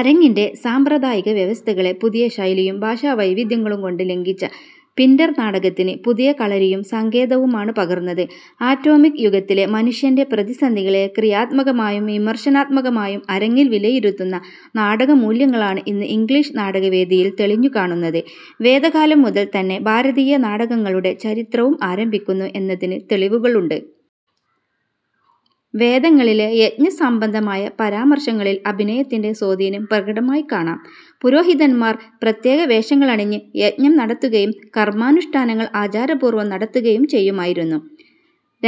അരങ്ങിൻ്റെ സാമ്പ്രദായിക വ്യവസ്ഥകളെ പുതിയ ശൈലിയും ഭാഷാവൈവിധ്യങ്ങളുംകൊണ്ട് ലംഘിച്ച പിൻ്റ ർ നാടകത്തിന് പുതിയ കളരിയും സങ്കേതവുമാണ് പകർന്നത്. ആറ്റോമിക് യുഗത്തിലെ മനുഷ്യൻ്റെ പ്രതിസന്ധികളെ ക്രിയാത്മകമായും വിമർശനാത്മകമായും അരങ്ങിൽ വിലയിരുത്തുന്ന നാടകമൂല്യങ്ങളാണ് ഇന്ന് ഇംഗ്ലീഷ് നാടകവേദിയിൽ തെളിഞ്ഞു കാണുന്നത്. വേദകാലം മുതൽ തന്നെ ഭാരതീയ നാടകങ്ങളുടെ ചരിത്രവും ആരംഭിക്കുന്നു എന്നതിന് തെളിവുകളുണ്ട്. വേദങ്ങളിലെ യജ്ഞസംബന്ധമായ പരാമർശങ്ങളിൽ അഭിനയത്തിൻ്റെ സ്വാധീനം പ്രകടമായി കാണാം. പുരോഹതിന്മാർ പ്രത്യേകവേഷങ്ങളണിഞ്ഞ് യജ്ഞം നടത്തുകയും കർമാനുഷ്ഠാനങ്ങൾ ആചാരപൂർവം നടത്തുകയും ചെയ്യുമായിരുന്നു.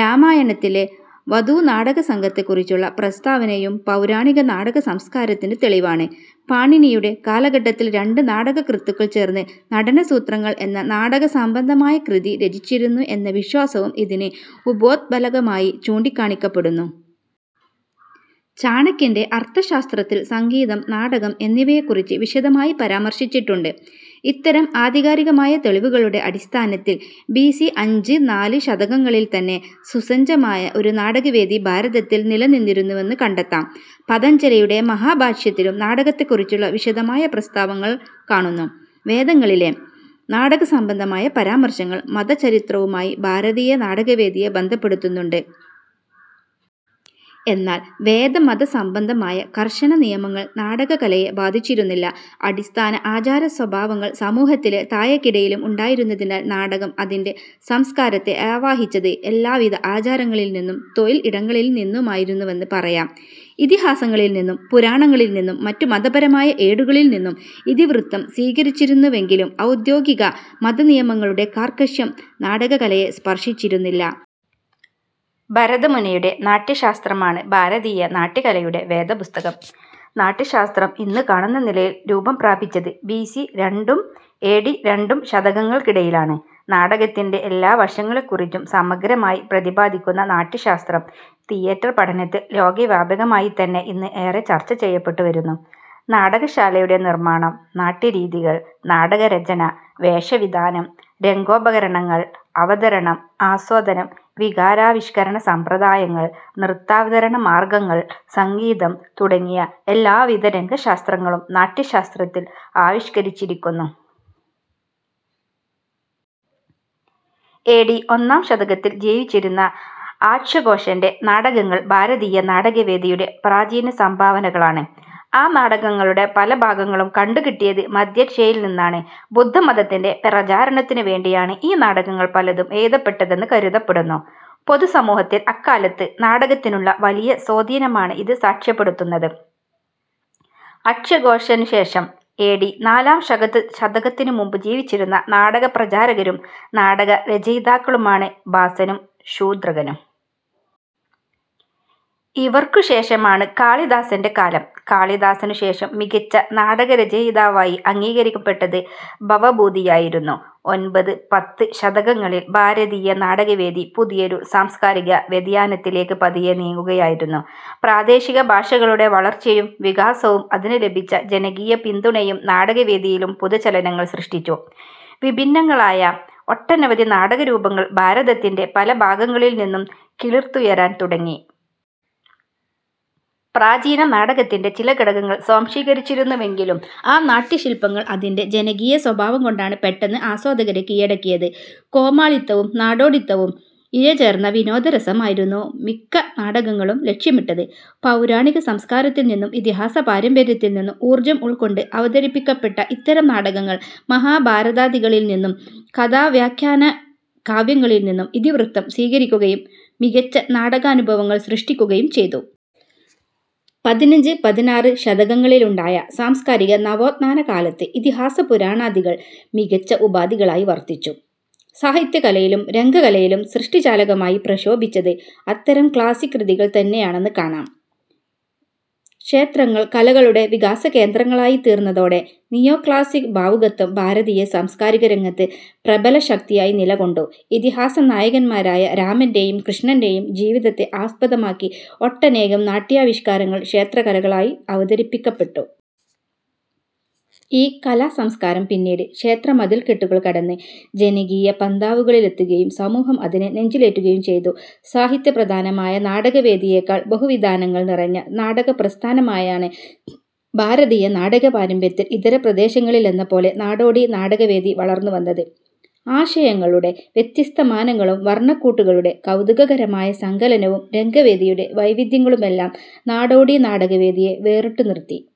രാമായണത്തിലെ വധൂനാടകസംഘത്തെക്കുറിച്ചുള്ള പ്രസ്താവനയും പൗരാണിക നാടകസംസ്കാരത്തിന് തെളിവാണ്. പാണിനിയുടെ കാലഘട്ടത്തിൽ രണ്ട് നാടകകൃത്തുക്കൾ ചേർന്ന് നടനസൂത്രങ്ങൾ എന്ന നാടകസംബന്ധമായ കൃതി രചിച്ചിരുന്നു എന്ന വിശ്വാസവും ഇതിന് ഉപോദ്ബലകമായി ചൂണ്ടിക്കാണിക്കപ്പെടുന്നു. ചാണക്യൻ്റെ അർഥശാസ്ത്രത്തിൽ സംഗീതം, നാടകം എന്നിവയെക്കുറിച്ച് വിശദമായി പരാമർശിച്ചിട്ടുണ്ട്. ഇത്തരം ആധികാരികമായ തെളിവുകളുടെ അടിസ്ഥാനത്തിൽ, ബി സി അഞ്ച്, നാല് ശതകങ്ങളിൽത്തന്നെ സുസജ്ജമായ ഒരു നാടകവേദി ഭാരതത്തിൽ നിലനിന്നിരുന്നുവെന്ന് കണ്ടെത്താം. പതഞ്ജലിയുടെ മഹാഭാഷ്യത്തിലും നാടകത്തെക്കുറിച്ചുള്ള വിശദമായ പ്രസ്താവങ്ങൾ കാണുന്നു. വേദങ്ങളിലെ നാടകസംബന്ധമായ പരാമർശങ്ങൾ മതചരിത്രവുമായി ഭാരതീയ നാടകവേദിയെ ബന്ധപ്പെടുത്തുന്നുണ്ട്. എന്നാൽ വേദമതസംബന്ധമായ കർശന നിയമങ്ങൾ നാടകകലയെ ബാധിച്ചിരുന്നില്ല. അടിസ്ഥാന ആചാരസ്വഭാവങ്ങൾ സമൂഹത്തിലെ താഴേക്കിടയിലും ഉണ്ടായിരുന്നതിനാൽ നാടകം, അതിൻ്റെ സംസ്കാരത്തെ ആവാഹിച്ചത് എല്ലാവിധ ആചാരങ്ങളിൽനിന്നും തൊഴിൽ ഇടങ്ങളിൽ നിന്നുമായിരുന്നുവെന്ന് പറയാം. ഇതിഹാസങ്ങളിൽനിന്നും പുരാണങ്ങളിൽനിന്നും മറ്റു മതപരമായ ഏടുകളിൽനിന്നും ഇതിവൃത്തം സ്വീകരിച്ചിരുന്നുവെങ്കിലും ഔദ്യോഗിക മതനിയമങ്ങളുടെ കാർക്കശ്യം നാടകകലയെ സ്പർശിച്ചിരുന്നില്ല. ഭരതമുനിയുടെ നാട്യശാസ്ത്രമാണ് ഭാരതീയ നാട്യകലയുടെ വേദപുസ്തകം. നാട്യശാസ്ത്രം ഇന്നുകാണുന്നനിലയിൽ രൂപംപ്രാപിച്ചത് ബി സി രണ്ടും എ ഡി രണ്ടും ശതകങ്ങൾക്കിടയിലാണ്. നാടകത്തിൻ്റെ എല്ലാ വശങ്ങളെക്കുറിച്ചും സമഗ്രമായി പ്രതിപാദിക്കുന്ന നാട്യശാസ്ത്രം, തിയേറ്റർപഠനത്തിൽ ലോകവ്യാപകമായിത്തന്നെ ഇന്ന് ഏറെ ചർച്ചചെയ്യപ്പെട്ടുവരുന്നു. നാടകശാലയുടെ നിർമ്മാണം, നാട്യരീതികൾ, നാടകരചന, വേഷവിധാനം, രംഗോപകരണങ്ങൾ, അവതരണം, ആസ്വാദനം, വികാരാവിഷ്കരണസമ്പ്രദായങ്ങൾ, നൃത്താവതരണ മാർഗങ്ങൾ, സംഗീതം തുടങ്ങിയ എല്ലാവിധ രംഗശാസ്ത്രങ്ങളും നാട്യശാസ്ത്രത്തിൽ ആവിഷ്കരിച്ചിരിക്കുന്നു. എ ഡി ഒന്നാം ശതകത്തിൽ ജീവിച്ചിരുന്ന ആശ്വഘോഷൻ്റെ നാടകങ്ങൾ ഭാരതീയ നാടകവേദിയുടെ പ്രാചീനസംഭാവനകളാണ്. ആ നാടകങ്ങളുടെ പല ഭാഗങ്ങളും കണ്ടുകിട്ടിയത് മധ്യേഷ്യയിൽ നിന്നാണ്. ബുദ്ധമതത്തിൻ്റെ പ്രചാരണത്തിനുവേണ്ടിയാണ് ഈ നാടകങ്ങൾ പലതും എഴുതപ്പെട്ടതെന്ന് കരുതപ്പെടുന്നു. പൊതുസമൂഹത്തിൽ അക്കാലത്ത് നാടകത്തിനുള്ള വലിയ സ്വാധീനമാണ് ഇത് സാക്ഷ്യപ്പെടുത്തുന്നത്. അശ്വഘോഷനുശേഷം, എ ഡി നാലാം ശതകത്തിനുമുമ്പു ജീവിച്ചിരുന്ന നാടകപ്രചാരകരും നാടകരചയിതാക്കളുമാണ് ഭാസനും ശൂദ്രകനും. ഇവർക്കുശേഷമാണ് കാളിദാസൻ്റെ കാലം. കാളിദാസനുശേഷം മികച്ച നാടകരചയിതാവായി അംഗീകരിക്കപ്പെട്ടത് ഭവഭൂതിയായിരുന്നു. ഒൻപത്-പത്ത് ശതകങ്ങളിൽ ഭാരതീയ നാടകവേദി പുതിയൊരു സാംസ്കാരിക വ്യതിയാനത്തിലേക്ക് പതിയെ നീങ്ങുകയായിരുന്നു. പ്രാദേശികഭാഷകളുടെ വളർച്ചയും വികാസവും അതിന് ലഭിച്ച ജനകീയ പിന്തുണയും നാടകവേദിയിലും പുതുചലനങ്ങൾ സൃഷ്ടിച്ചു. വിഭിന്നങ്ങളായ ഒട്ടനവധി നാടകരൂപങ്ങൾ ഭാരതത്തിൻ്റെ പല ഭാഗങ്ങളിൽനിന്നും കിളിർത്തുയരാൻ തുടങ്ങി. പ്രാചീന നാടകത്തിൻ്റെ ചില ഘടകങ്ങൾ സ്വാംശീകരിച്ചിരുന്നുവെങ്കിലും ആ നാട്യശില്പങ്ങൾ അതിൻ്റെ ജനകീയസ്വഭാവംകൊണ്ടാണ് പെട്ടെന്ന് ആസ്വാദകരെ കീഴടക്കിയത്. കോമാളിത്തവും നാടോടിത്തവും ഇഴചേർന്ന വിനോദരസമായിരുന്നു മിക്ക നാടകങ്ങളും ലക്ഷ്യമിട്ടത്. പൗരാണിക സംസ്കാരത്തിൽനിന്നും ഇതിഹാസപാരമ്പര്യത്തിൽനിന്നും ഊർജ്ജം ഉൾക്കൊണ്ട് അവതരിപ്പിക്കപ്പെട്ട ഇത്തരം നാടകങ്ങൾ മഹാഭാരതാദികളിൽനിന്നും കഥാവ്യാഖ്യാനകാവ്യങ്ങളിൽനിന്നും ഇതിവൃത്തം സ്വീകരിക്കുകയും മികച്ച നാടകാനുഭവങ്ങൾ സൃഷ്ടിക്കുകയും ചെയ്തു. പതിനഞ്ച്, പതിനാറ് ശതകങ്ങളിലുണ്ടായ സാംസ്കാരിക നവോത്ഥാന കാലത്ത് ഇതിഹാസപുരാണാദികൾ മികച്ച ഉപാധികളായി വർത്തിച്ചു. സാഹിത്യകലയിലും രംഗകലയിലും സൃഷ്ടിചാലകമായി പ്രശോഭിച്ചത് അത്തരം ക്ലാസ്സിക് കൃതികൾ തന്നെയാണെന്ന് കാണാം. ക്ഷേത്രങ്ങൾ കലകളുടെ വികാസകേന്ദ്രങ്ങളായിത്തീർന്നതോടെ നിയോക്ലാസ്സിക് ഭാവുകത്വം ഭാരതീയ സാംസ്കാരികരംഗത്ത് പ്രബലശക്തിയായി നിലകൊണ്ടു. ഇതിഹാസ നായകന്മാരായ രാമൻ്റെയും കൃഷ്ണൻ്റെയും ജീവിതത്തെ ആസ്പദമാക്കി ഒട്ടനേകം നാട്യാവിഷ്കാരങ്ങൾ ക്ഷേത്രകലകളായി അവതരിപ്പിക്കപ്പെട്ടു. ഈ കലാസംസ്കാരം പിന്നീട് ക്ഷേത്രമതിൽക്കെട്ടുകൾ കടന്ന് ജനകീയ പന്ഥാവുകളിലെത്തുകയും സമൂഹം അതിനെ നെഞ്ചിലേറ്റുകയും ചെയ്തു. സാഹിത്യപ്രധാനമായ നാടകവേദിയേക്കാൾ ബഹുവിതാനങ്ങൾ നിറഞ്ഞ നാടകപ്രസ്ഥാനമായാണ് ഭാരതീയ നാടകപാരമ്പര്യത്തിൽ ഇതര പ്രദേശങ്ങളിലെന്നപോലെ നാടോടി നാടകവേദി വളർന്നുവന്നത്. ആശയങ്ങളുടെ വ്യത്യസ്തമാനങ്ങളും വർണക്കൂട്ടുകളുടെ കൗതുകകരമായ സങ്കലനവും രംഗവേദിയുടെ വൈവിധ്യങ്ങളുമെല്ലാം നാടോടി നാടകവേദിയെ വേറിട്ടുനിർത്തി.